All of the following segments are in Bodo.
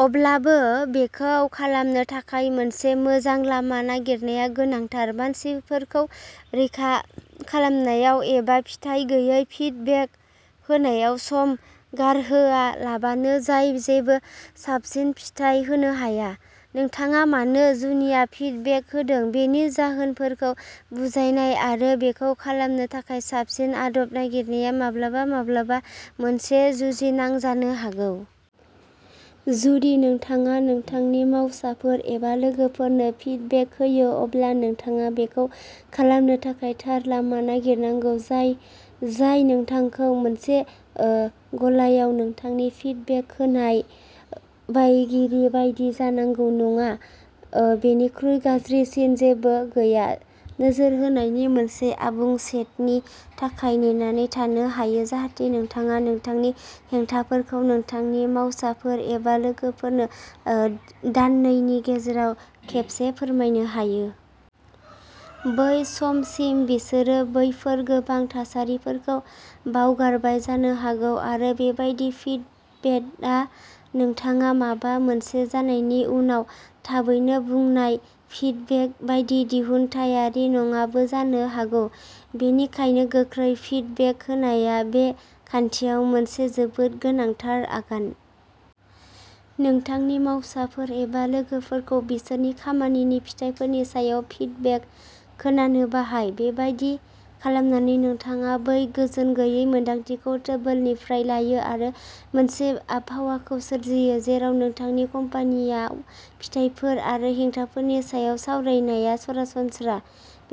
अब्लाबो, बेखौ खालामनो थाखाय मोनसे मोजां लामा नागिरनाया गोनांथार, मानसिफोरखौ रैखा खालामनायाव एबा फिथाय गैयै फिडबेक होनायाव सम गारहोआलाबानो जाय जेबो साबसिन फिथाय होनो हाया। नोंथाङा मानो जुनिया फिडबेक होदों बेनि जाहोनफोरखौ बुजिनाय आरो बेखौ खालामनो थाखाय साबसिन आदब नागिरनाया माब्लाबा माब्लाबा मोनसे जुजिनां जानो हागौ। जुदि नोंथाङा नोंथांनि मावसाफोर एबा लोगोफोरनो फिडबेक होयो, अब्ला नोंथाङा बेखौ खालामनो थाखाय थार लामा नागिरनांगौ, जाय नोंथांखौ मोनसे गलायाव नोंथांनि फिडबेक होनाय बायगिरि बायदि जानांगौ नङा। बेनिख्रुइ गाज्रिसिन जेबो गैया। नोजोर होनायनि मोनसे आबुं सेटनि थाखाय नेनानै थानो हायो जाहाथे नोंथाङा नोंथांनि हेंथाफोरखौ नोंथांनि मावसाफोर एबा लोगोफोरनो दाननैनि गेजेराव खेबसे फोरमायनो हायो। बै समसिम, बिसोरो बैफोर गोबां थासारिफोरखौ बावगारबाय जानो हागौ आरो बेबादि फिडबेकआ नोंथाङा माबा मोनसे जानायनि उनाव थाबैनो बुंनाय फिडबेक बायदि दिहुनथायारि नङाबो जानो हागौ। बेनिखायनो, गोख्रै फिडबेक होनाया बे खान्थियाव मोनसे जोबोद गोनांथार आगान। नोंथांनि मावसाफोर एबा लोगोफोरखौ बिसोरनि खामानिनि फिथायफोरनि सायाव फिडबेक खोनानो बाहाय। बेबादि खालामनानै, नोंथाङा बै गोजोनगैयै मोन्दांथिखौ टेबोलनिफ्राय लायो आरो मोनसे आबहावाखौ सोरजियो जेराव नोंथांनि कम्पानीयाव फिथायफोर आरो हेंथाफोरनि सायाव सावरायनाया सरासनस्रा।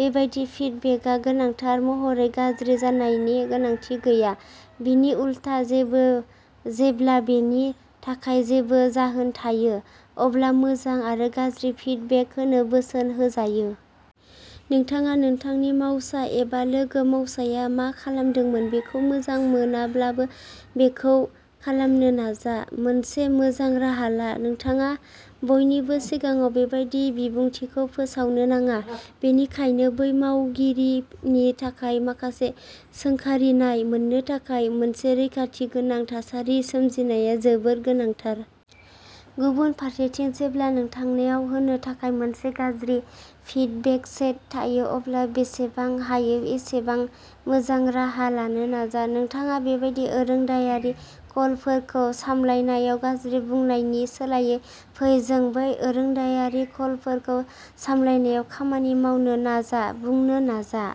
बेबादि फिडबेकआ गोनांथार महरै गाज्रि जानायनि गोनांथि गैया; बिनि उलथा, जेब्ला बेनि थाखाय जेबो जाहोन थायो अब्ला मोजां आरो गाज्रि फिडबेक होनो बोसोन होजायो। नोंथाङा नोंथांनि मावसा एबा लोगो-मावसाया मा खालामदोंमोन बेखौ मोजां मोनाब्लाबो, बेखौ खालामनो नाजा। मोनसे मोजां राहा ला। नोंथाङा बयनिबो सिगाङाव बेबादि बिबुंथिखौ फोसावनो नाङा, बेनिखायनो बै मावगिरिनि थाखाय माखासे सोंखारिनाय मोन्नो थाखाय मोनसे रैखाथि गोनां थासारि सोरजिनाया जोबोद गोनांथार। गुबुन फारसेथिं, जेब्ला नोंथांनाव होनो थाखाय मोनसे गाज्रि फिडबेक सेट थायो, अब्ला जेसेबां हायो एसेबां मोजां राहा लानो नाजा। "नोंथाङा बेबादि आरोंदायारि कलफोरखौ सामलायनायाव गाज्रि" बुंनायनि सोलायै, "फै जों बै आरोंदायारि कलफोरखौ सामलायनायाव खामानि मावनो नाजा" बुंनो नाजा।